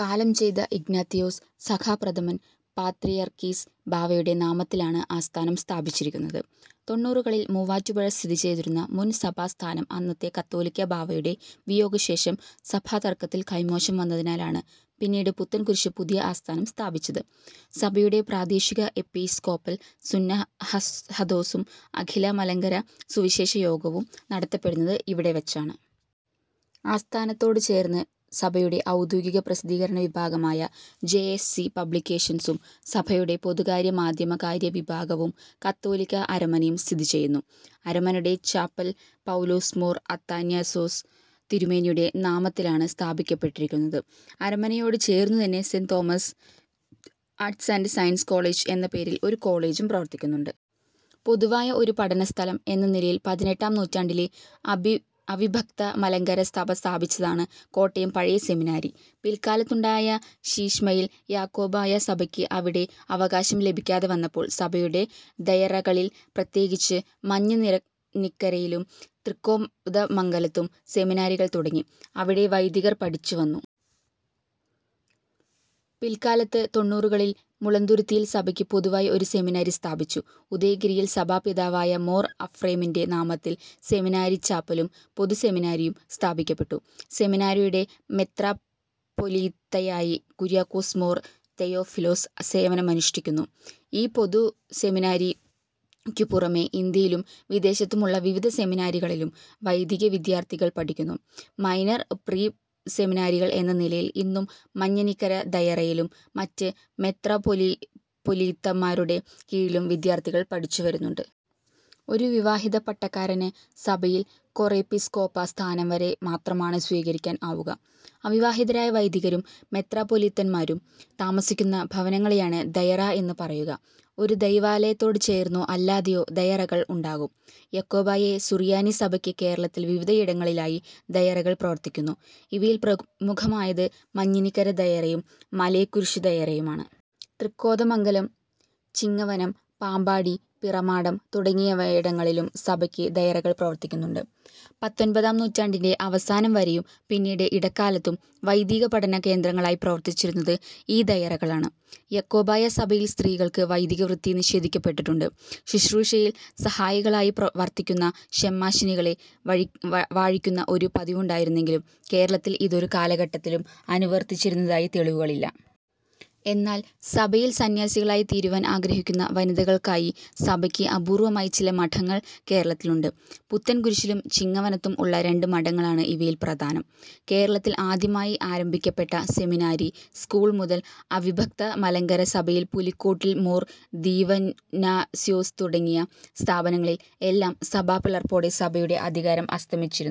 കാലം ചെയ്ത Ignatius Zakka പ്രഥമൻ പാത്രിയർക്കീസ് ബാവയുടെ നാമത്തിലാണ് ആസ്ഥാനം സ്ഥാപിച്ചിരിക്കുന്നത്. തൊണ്ണൂറുകളിൽ മുവാറ്റുപുഴ സ്ഥിതി ചെയ്തിരുന്ന മുൻ സഭാസ്ഥാനം അന്നത്തെ കാതോലിക്ക ബാവയുടെ വിയോഗശേഷം സഭാതർക്കത്തിൽ കൈമോശം വന്നതിനാലാണ് പിന്നീട് പുത്തൻകുരിശ് പുതിയ ആസ്ഥാനം സ്ഥാപിച്ചത്. സഭയുടെ പ്രാദേശിക എപ്പിസ്കോപ്പൽ സുന്നഹദോസും അഖില മലങ്കര സുവിശേഷ യോഗവും നടത്തപ്പെടുന്നത് ഇവിടെ വച്ചാണ്. ആസ്ഥാനത്തോട് ചേർന്ന് സഭയുടെ ഔദ്യോഗിക പ്രസിദ്ധീകരണ വിഭാഗമായ ജെ. എസ്. സി. പബ്ലിക്കേഷൻസും സഭയുടെ പൊതുകാര്യ-മാധ്യമകാര്യ വിഭാഗവും കാതോലിക്ക അരമനയും സ്ഥിതി ചെയ്യുന്നു. അരമനയുടെ ചാപ്പൽ പൌലോസ് മോർ അത്താനാസ്യോസ് തിരുമേനിയുടെ നാമത്തിലാണ് സ്ഥാപിക്കപ്പെട്ടിരിക്കുന്നത്. അരമനയോട് ചേർന്നുതന്നെ സെ. Thomas arts and science college എന്ന പേരിൽ ഒരു കോളജും പ്രവർത്തിക്കുന്നുണ്ട്. പൊതുവായ ഒരു പഠനസ്ഥലം എന്ന നിലയിൽ പതിനെട്ടാം നൂറ്റാണ്ടിലെ അവിഭക്ത മലങ്കര സഭ സ്ഥാപിച്ചതാണ് കോട്ടയം പഴയ സെമിനാരി. പിൽക്കാലത്തുണ്ടായ ശീശ്മയിൽ യാക്കോബായ സഭയ്ക്ക് അവിടെ അവകാശം ലഭിക്കാതെ വന്നപ്പോൾ സഭയുടെ ദയറകളിൽ പ്രത്യേകിച്ച് മഞ്ഞനിക്കരയിലും തൃക്കോതമംഗലത്തും സെമിനാരികൾ തുടങ്ങി അവിടേ വൈദികർ പഠിച്ച് വന്നു. പിൽക്കാലത്ത് തൊണ്ണുറുകളിൽ മുളന്തുരുത്തിയിൽ സഭയ്ക്ക് പൊതുവായി ഒരു സെമിനാരി സ്ഥാപിച്ചു. ഉദയഗിരിയിൽ സഭാപിതാവായ മോർ അഫ്രേമിന്റെ നാമത്തിൽ സെമിനാരിച്ചാപ്പലും പൊതുസെമിനാരിയും സ്ഥാപിക്കപ്പെട്ടു. സെമിനാരിയുടെ മെത്രാപ്പൊലീത്തയായി കുര്യാക്കോസ് മോർ തെയോഫിലോസ് സേവനമനുഷ്ഠിക്കുന്നു. ഈ പൊതു സെമിനാരിക്കു പുറമെ ഇന്ത്യയിലും വിദേശത്തുമുള്ള വിവിധ സെമിനാരികളിലും വൈദികവിദ്യാർത്ഥികൾ പഠിക്കുന്നു. മൈനർ/പ്രീ സെമിനാരികൾ എന്ന നിലയിൽ ഇന്നും മഞ്ഞനിക്കര ദയറയിലും മറ്റ് മെത്രാപ്പൊലീത്തന്മാരുടെ കീഴിലും വിദ്യാർത്ഥികൾ പഠിച്ചുവരുന്നുണ്ട്. ഒരു വിവാഹിത പട്ടക്കാരന് സഭയിൽ കോറെപ്പിസ്കോപ്പ സ്ഥാനം വരെ മാത്രമാണ് സ്വീകരിക്കുവാൻ ആവുക. അവിവാഹിതരായ വൈദികരും മെത്രാപ്പൊലീത്തമാരും താമസിക്കുന്ന ഭവനങ്ങളെയാണ് ദയറ എന്ന് പറയുക. ഒരു ദൈവാലയത്തോട് ചേർന്നോ അല്ലാതെയോ ദയറകൾ ഉണ്ടാവും. യാക്കോബായ സുറിയാനി സഭയ്ക്ക് കേരളത്തിൽ വിവിധയിടങ്ങളീലായി ദയറകൾ പ്രവർത്തിക്കുന്നു. ഇവയിൽ പ്രമുഖമായത് മഞ്ഞിനിക്കര ദയറയും മലേക്കുരിശ് ദയറയുമാണ്. തൃക്കോതമംഗലം, ചിങ്ങവനം, പാമ്പാടി, പിറമാടം തുടങ്ങിയിടങ്ങളിലും സഭയ്ക്ക് ദയറകൾ പ്രവർത്തിക്കുന്നുണ്ട്. പത്തൊന്മ്പതാം നൂറ്റാണ്ടിന്റെ അവസാനം വരെയും പിന്നീട് ഇടക്കാലത്തും വൈദികപഠന കേന്ദ്രങ്ങളായി പ്രവർത്തിച്ചിരുന്നത് ഈ ദയറകളാണ്. യാക്കോബായ സഭയിൽ സ്ത്രീകൾക്ക് വൈദികവൃത്തി നിഷേധിക്കപ്പെട്ടിട്ടുണ്ട്. ശുശ്രൂഷയിൽ സഹായികളായി വർത്തിക്കുന്ന ശെമ്മാശിനികളെ വാഴിക്കുന്ന ഒരു പതിവുണ്ടായിരുന്നെങ്കിലും കേരളത്തിൽ ഇത് ഒരു കാലഘട്ടത്തിലും അനുവർത്തിച്ചിരുന്നതായി തെളിവുകളില്ല. എന്നാൽ സഭയിൽ സന്ന്യാസിനികളായിത്തീരുവാൻ ആഗ്രഹിക്കുന്ന വനിതകൾക്കായി സഭയ്ക്ക് അപൂർവ്വമായി ചില മഠങ്ങൾ കേരളത്തിലുണ്ട്. പുത്തൻകുരിശിലും ചിങ്ങവനത്തും ഉള്ള രണ്ട് മഠങ്ങളാണ് ഇവയിൽ പ്രധാനം. കേരളത്തിൽ ആദ്യമായി ആരംഭിക്കപ്പെട്ട സെമിനാരി സ്കൂൾ മുതൽ അവിഭക്ത മലങ്കര സഭയിൽ പുലിക്കോട്ടിൽ മോർ ദീവന്നാസ്യോസ് തുടങ്ങിയ സ്ഥാപനങ്ങളിൽ എല്ലാം സഭാ പിളർപ്പോടെ സഭയുടെ അധികാരം അസ്തമിച്ചിരുന്നു.